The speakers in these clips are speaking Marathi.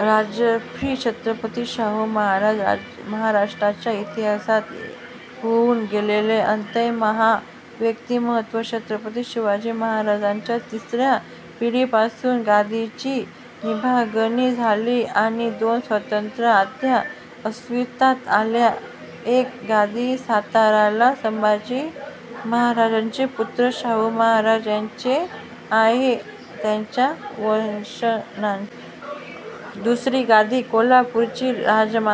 राजर्षी छत्रपती शाहु महाराज. महाराष्ट्राच्या इतिहासात होऊन गेलेले अत्यंत महान व्यक्तिमत्व. छत्रपती शिवाजी महाराजांच्या तिसऱ्या पिढीपासून गादीची विभागणी झाली आणि दोन स्वतंत्र गाद्या अस्तित्वात आल्या. एक गादी साताऱ्याला संभाजी महाराजांचे पुत्र शाहु महाराज यांची आणि त्यांच्या वंशजांची. दुसरी गादी कोल्हापूरची राजाराम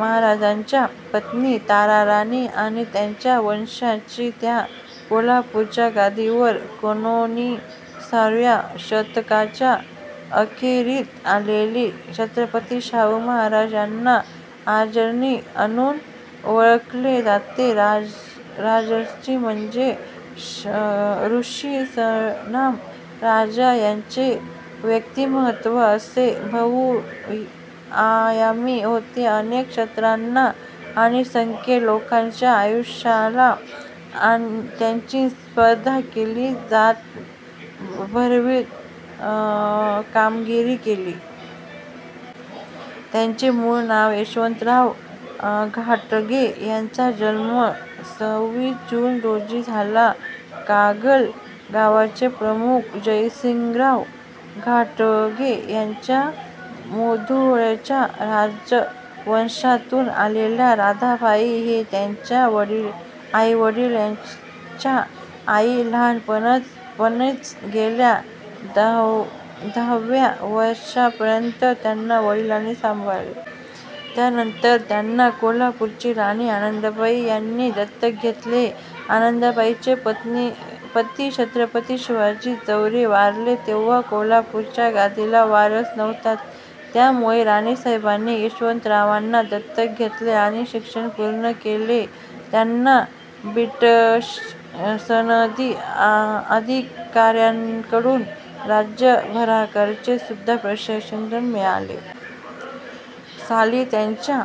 महाराजांच्या पत्नी ताराराणी आणि त्यांच्या वंशजांची. त्या कोल्हापूरच्या गादीवर एकोणिसाव्या शतकाच्या अखेरीस आलेले छत्रपती शाहु महाराज यांना राजर्षी म्हणुन ओळखले जाते. राजर्षी म्हणजे ऋषीसमान राजा. त्यांचे व्यक्तिमत्वच असे बहुआयामी होते, अनेक क्षेत्रांना आणि असंख्य लोकांच्या आयुष्याला त्यांनी स्पर्श केला, त्यात भरीव कामगिरी केली. त्यांचे मूळ नाव यशवंतराव घाटगे. त्यांचा जन्म सव्वीस जुन रोजी झाला. कागल गावचे प्रमुख जयसिंगराव घाटगे आणि मुधोळच्या राजवंशातुन आलेल्या राधाबाई हे त्यांचे आईवडील. त्यांच्या आई लहानपणीच गेल्या. दहाव्या वर्षापर्यंत त्यांना वडिलांनी सांभाळले. त्यानंतर त्यांना कोल्हापूरच्या राणी आनंदीबाई यांनी दत्तक घेतले. आनंदीबाईंचे पती छत्रपती शिवाजी चौथे वारले तेव्हा कोल्हापूरच्या गादीला वारस नव्हता. त्यामुळे राणीसाहेबांनी यशवंतरावांना दत्तक घेतले. त्यांनी शिक्षण पूर्ण केले. त्यांना ब्रिटिश सनदी अधिकाऱ्यांकडून राज्य कारभाराचे सुद्धा प्रशिक्षण मिळाले. साली त्यांचा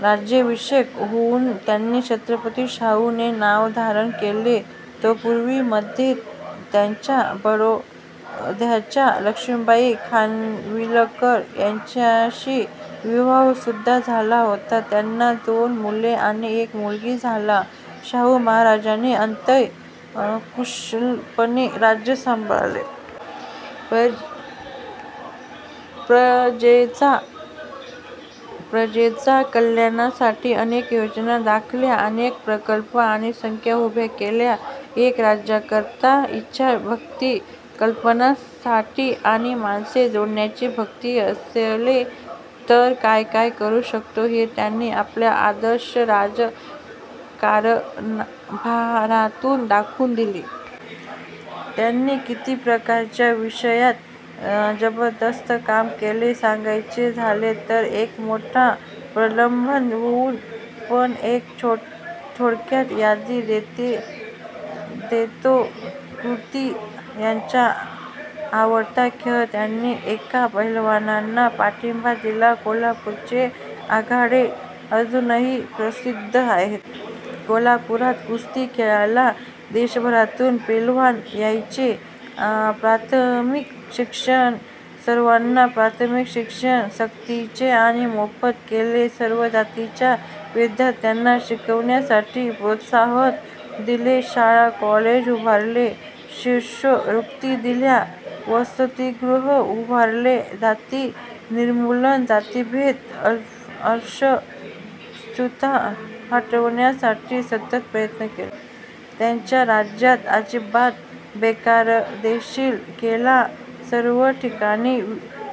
राज्याभिषेक होऊन त्यांनी छत्रपती शाहू हे नाव धारण केले. तत्पूर्वी मध्ये त्यांचा बडोद्याच्या लक्ष्मीबाई खानविलकर यांच्याशी विवाहसुद्धा झाला होता. त्यांना दोन मुले आणि दोन मुली झाल्या. शाहु महाराजांनी अत्यंत कुशलपणे राज्य सांभाळले. प्रजेच्या कल्याणासाठी अनेक योजना आखल्या. अनेक प्रकल्प आणि संस्था उभ्या केल्या. एक राज्यकर्ता इच्छा शक्ती, कल्पनाशक्ती आणि माणसे जोडण्याची शक्ती असले तर काय काय करू शकतो हे त्यांनी आपल्या आदर्श राज्यकारभारातुन दाखवुन दिले. त्यांनी किती प्रकारच्या विषयात जबरदस्त काम केले हे सांगायचे झाले तर एक मोठा प्रबंधच होईल. पण एक थोडक्यात यादी देतो. कुस्ती. त्यांचा आवडता खेळ. त्यांनी अनेक पैलवानांना पाठिंबा दिला. कोल्हापूरचे आखाडे अजूनही प्रसिद्ध आहेत. कोल्हापुरात कुस्ती खेळायला देशभरातून पैलवान यायचे. प्राथमिक शिक्षण सर्वांना प्राथमिक शिक्षण सक्तीचे आणि मोफत केले. सर्व जातीच्या विद्यार्थ्यांना शिकण्यासाठी प्रोत्साहन दिले. शाळा कॉलेज उभारले. शिष्यवृत्त्या दिल्या. वसतिगृहे उभारली. जाती निर्मूलन जातीभेद, अस्पृश्यता हटवण्यासाठी सतत प्रयत्न केले. त्यांच्या राज्यात जातीभेद बेकायदेशीर केला. सर्व ठिकाणी,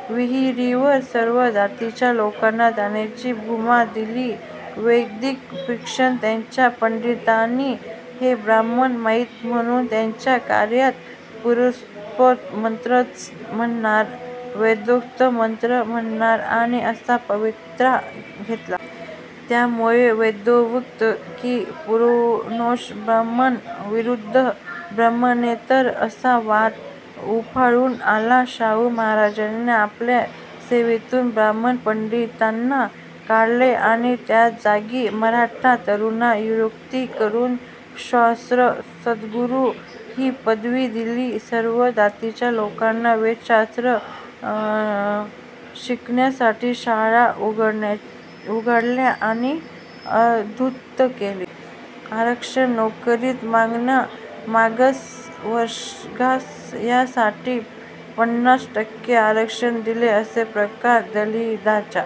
विहिरींवर सर्व जातीच्या लोकांना जाण्याची मुभा दिली. वेदिक शिक्षण: त्यांच्या पंडितांनी ते ब्राह्मण नाहीत म्हणुन त्यांच्या कार्यात पुराणोक्त मंत्रच म्हणणार वेदोक्त मंत्र म्हणणार नाही असा पवित्रा घेतला. त्यामुळे वेदोक्त कि पुराणोक्त, ब्राह्मण विरुद्ध ब्राह्मणेतर असा वाद उफाळून आला. शाहु महाराजांनी आपल्या सेवेतुन ब्राह्मण पंडितांना काढले आणि त्याजागी मराठा तरुणांना नियुक्त करून क्षात्र जगद्गुरू हि पदवी दिली. सर्व जातीच्या लोकांना वेदशास्त्रे शिकण्यासाठी शाळा उघडल्या आणि उद्युक्त केले. आरक्षण नोकरीत मागासवर्गीयांसाठी पन्नास टक्के आरक्षण दिले. अशा प्रकारे दलितांच्या